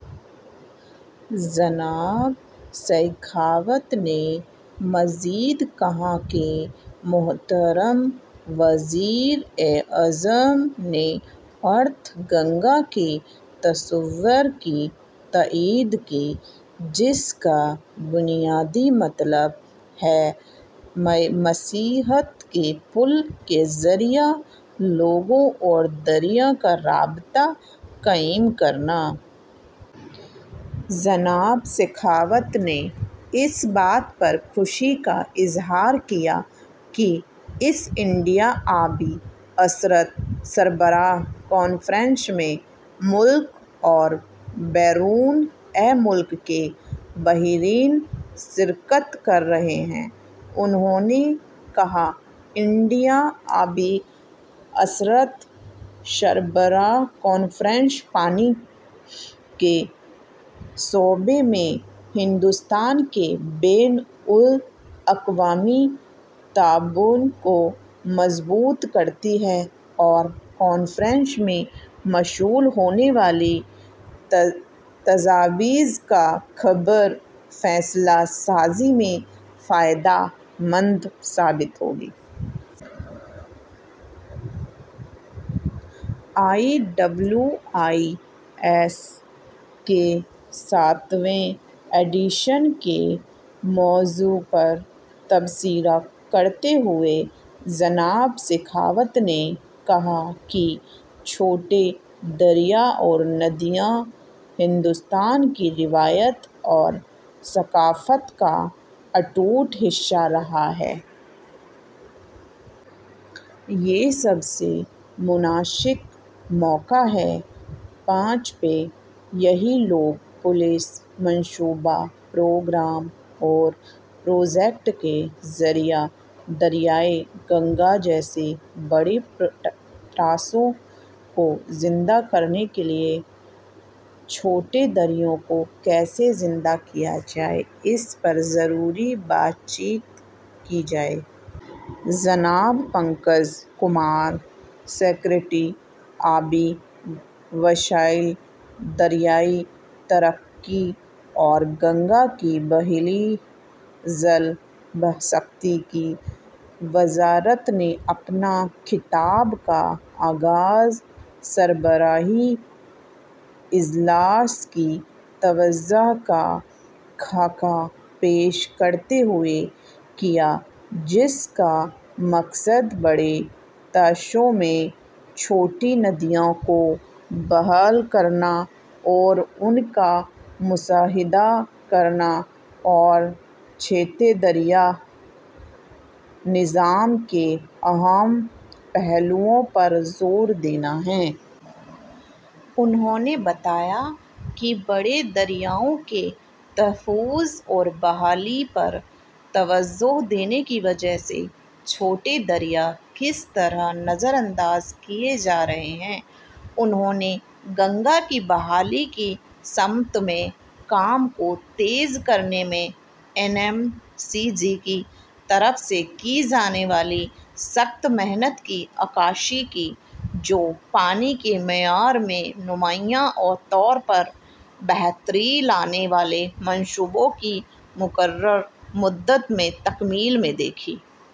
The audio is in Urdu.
جناب شیخاوت نے مزید کہا کہ محترم وزیر اعظم نے ارتھ گنگا کے تصور کی تائید کی، جس کا بنیادی مطلب ہے معیشت کے پل کے ذریعے لوگوں اور دریا کا رابطہ قائم کرنا۔ جناب شیخاوت نے اس بات پر خوشی کا اظہار کیا کہ اس انڈیا آبی اثرات سربراہ کانفرنس میں ملک اور بیرون ملک کے ماہرین شرکت کر رہے ہیں۔ انہوں نے کہا، ''انڈیا آبی اثرات سربراہ کانفرنس پانی کے شعبے میں ہندوستان کے بین الاقوامی تعاون کو مضبوط کرتی ہے اور کانفرنس میں موصول ہونے والی تجاویز باخبر فیصلہ سازی میں فائدہ مند ثابت ہوں گی۔'' آئی ڈبلیو آئی ایس کے ساتویں ایڈیشن کے موضوع پر تبصرہ کرتے ہوئے جناب شیخاوت نے کہا کہ چھوٹے دریا اور ندیاں ہندوستان کی روایت اور ثقافت کا اٹوٹ حصہ رہی ہیں اور یہ سب سے مناسب موقع ہے کہ پانچ پی، یعنی لوگ، پالیسی، منصوبہ، پروگرام اور پروجیکٹ، کے ذریعے دریائے گنگا جیسے بڑے طاسوں کو زندہ کرنے کے لیے چھوٹے دریاؤں کو کیسے زندہ کیا جائے، اس پر ضروری بات چیت کی جائے۔ جناب پنکج کمار، سکریٹری، آبی وسائل، دریائی ترقی اور گنگا کی بحالی، جل شکتی کی وزارت نے اپنے خطاب کا آغاز سربراہی اجلاس کی توجہ کا خاکہ پیش کرتے ہوئے کیا، جس کا مقصد بڑے طاسوں میں چھوٹی ندیوں کو بحال کرنا اور ان کا مشاہدہ کرنا اور چھوٹے دریائی نظام کے اہم پہلوؤں پر زور دینا ہے۔ انہوں نے بتایا کہ بڑے دریاؤں کے تحفظ اور بحالی پر توجہ دینے کی وجہ سے چھوٹے دریا کس طرح نظر انداز کیے جا رہے ہیں۔ انہوں نے گنگا کی بحالی کی سمت میں کام کو تیز کرنے میں این ایم سی جی کی طرف سے کی جانے والی سخت محنت کی عکاسی کی، جو پانی کے معیار میں نمایاں طور پر بہتری لانے والے منصوبوں کی مقررہ مدت میں تکمیل میں دیکھی...